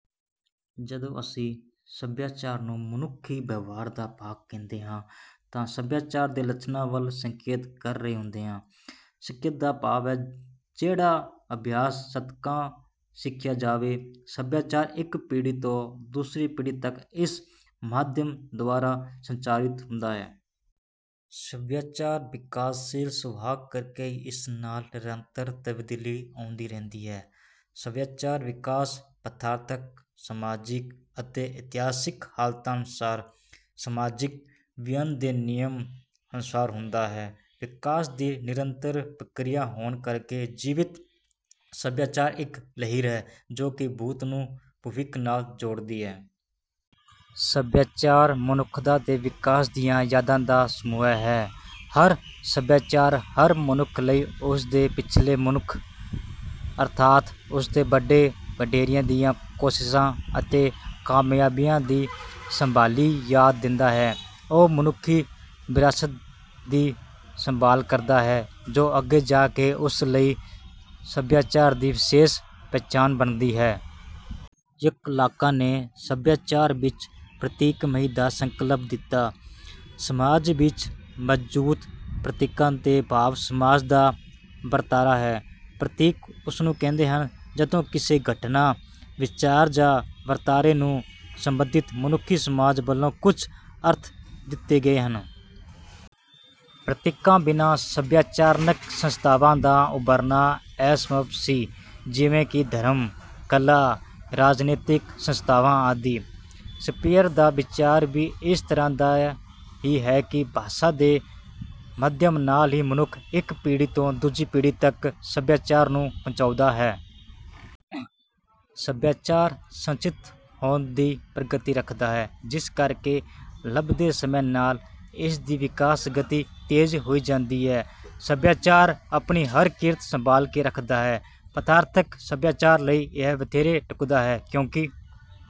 ਜਦੋਂ ਅਸੀਂ ਸਭਿਆਚਾਰ ਨੂੰ ਮਨੁੱਖੀ ਵਿਵਹਾਰ ਦਾ ਭਾਗ ਕਹਿੰਦੇ ਹਾਂ ਤਾਂ ਸਭਿਆਚਾਰ ਦੇ ਲੱਛਣਾਂ ਵੱਲ ਸੰਕੇਤ ਕਰ ਰਹੇ ਹੁੰਦੇ ਹਾਂ। ਸਿੱਖਿਅਤ ਤੋਂ ਭਾਵ ਹੈ, ਜਿਹੜਾ ਅਭਿਆਸ ਸਦਕਾ ਸਿੱਖਿਆ ਜਾਵੇ। ਸਭਿਆਚਾਰ ਇੱਕ ਪੀੜ੍ਹੀ ਤੋਂ ਦੂਸਰੀ ਪੀੜ੍ਹੀ ਤੱਕ ਇਸ ਮਾਧਿਅਮ ਦੁਆਰਾ ਸੰਚਾਰਿਤ ਹੁੰਦਾ ਹੈ। ਸਭਿਆਚਾਰ ਵਿਕਾਸਸ਼ੀਲ ਸੁਭਾਅ ਕਰਕੇ ਹੀ ਇਸ ਵਿੱਚ ਨਿਰੰਤਰ ਤਬਦੀਲੀ ਆਉਂਦੀ ਰਹਿੰਦੀ ਹੈ। ਸਭਿਆਚਾਰਕ ਵਿਕਾਸ ਪਦਾਰਥਕ, ਸਮਾਜਿਕ ਅਤੇ ਇਤਿਹਾਸਕ ਹਾਲਤਾਂ ਅਨੁਸਾਰ, ਸਮਾਜਿਕ ਵਹਿਣ ਦੇ ਨਿਯਮਾਂ ਅਨੁਸਾਰ ਹੁੰਦਾ ਹੈ। ਵਿਕਾਸ ਦੀ ਨਿਰੰਤਰ ਪ੍ਰਕਿਰਿਆ ਹੋਣ ਕਰਕੇ ਜੀਵਿਤ ਸਭਿਆਚਾਰ ਇੱਕ ਲਹਿਰ ਹੈ, ਜੋ ਕਿ ਭੂਤ ਨੂੰ ਭਵਿੱਖ ਨਾਲ ਜੋੜਦੀ ਹੈ। ਸਭਿਆਚਾਰ ਮਨੁੱਖਤਾ ਦੇ ਵਿਕਾਸ ਦੀਆਂ ਯਾਦਾਂ ਦਾ ਸਮੂਹ ਹੈ। ਹਰ ਸਭਿਆਚਾਰ ਹਰ ਮਨੁੱਖ ਲਈ ਉਸ ਤੋਂ ਪਿਛਲੇ ਮਨੁੱਖ, ਅਰਥਾਤ ਉਸਦੇ ਵੱਡੇ-ਵਡੇਰਿਆਂ ਦੀਆਂ ਕੋਸ਼ਿਸ਼ਾਂ ਅਤੇ ਕਾਮਯਾਬੀਆਂ ਦੀ ਸੰਭਾਲੀ ਯਾਦ ਦਿੰਦਾ ਹੈ। ਇਹ ਮਨੁੱਖੀ ਵਿਰਾਸਤ ਦੀ ਸੰਭਾਲ ਕਰਦਾ ਹੈ, ਜੋ ਅੱਗੇ ਜਾ ਕੇ ਉਸ ਲਈ ਸਭਿਆਚਾਰ ਦੀ ਵਿਸ਼ੇਸ਼ ਪਹਿਚਾਣ ਬਣਦੀ ਹੈ। ‘ਯੱਕ ਲਾਂਕਾਂ’ ਨੇ ਸਭਿਆਚਾਰ ਵਿੱਚ ਪ੍ਰਤੀਕਮਈ ਦਾ ਸੰਕਲਪ ਦਿੱਤਾ। ਸਮਾਜ ਵਿੱਚ ਮੌਜੂਦ ਪ੍ਰਤੀਕਾਂ ਤੋਂ ਭਾਵ ਸਮਾਜ ਦਾ ਵਰਤਾਰਾ ਹੈ। ਪ੍ਰਤੀਕ ਉਸਨੂੰ ਕਹਿੰਦੇ ਹਨ, ਜਦੋਂ ਕਿਸੇ ਘਟਨਾ, ਵਿਚਾਰ ਜਾਂ ਵਰਤਾਰੇ ਨੂੰ ਸੰਬੰਧਿਤ ਮਨੁੱਖੀ ਸਮਾਜ ਵੱਲੋਂ ਕੁਝ ਅਰਥ ਦਿੱਤੇ ਗਏ ਹਨ। ਪ੍ਰਤੀਕਾਂ ਬਿਨਾਂ ਸਭਿਆਚਾਰਕ ਸੰਸਥਾਵਾਂ ਦਾ ਉਭਰਨਾ ਅਸੰਭਵ ਸੀ, ਜਿਵੇਂ ਕਿ ਧਰਮ, ਕਲਾ, ਰਾਜਨੀਤਿਕ ਸੰਸਥਾਵਾਂ ਆਦਿ। ਸਪੀਅਰ ਦਾ ਵਿਚਾਰ ਵੀ ਇਸ ਤਰ੍ਹਾਂ ਦਾ ਹੀ ਹੈ ਕਿ ਭਾਸ਼ਾ ਦੇ ਮਾਧਿਅਮ ਨਾਲ ਹੀ ਮਨੁੱਖ ਇੱਕ ਪੀੜ੍ਹੀ ਤੋਂ ਦੂਜੀ ਪੀੜ੍ਹੀ ਤੱਕ ਸਭਿਆਚਾਰ ਨੂੰ ਪਹੁੰਚਾਉਂਦਾ ਹੈ। ਸਭਿਆਚਾਰ ਸੰਚਿਤ ਹੋਂਦ ਦੀ ਪ੍ਰਕਿਰਤੀ ਰੱਖਦਾ ਹੈ, ਜਿਸ ਕਰਕੇ ਲੰਘਦੇ ਸਮੇਂ ਨਾਲ ਇਸ ਦੀ ਵਿਕਾਸ ਗਤੀ ਤੇਜ਼ ਹੋਈ ਜਾਂਦੀ ਹੈ। ਸਭਿਆਚਾਰ ਆਪਣੀ ਹਰ ਕਿਰਤ ਸੰਭਾਲ ਕੇ ਰੱਖਦਾ ਹੈ। ਪਦਾਰਥਕ ਸਭਿਆਚਾਰ ਲਈ ਇਹ ਵਧੇਰੇ ਢੁੱਕਦਾ ਹੈ, ਕਿਉਂਕਿ...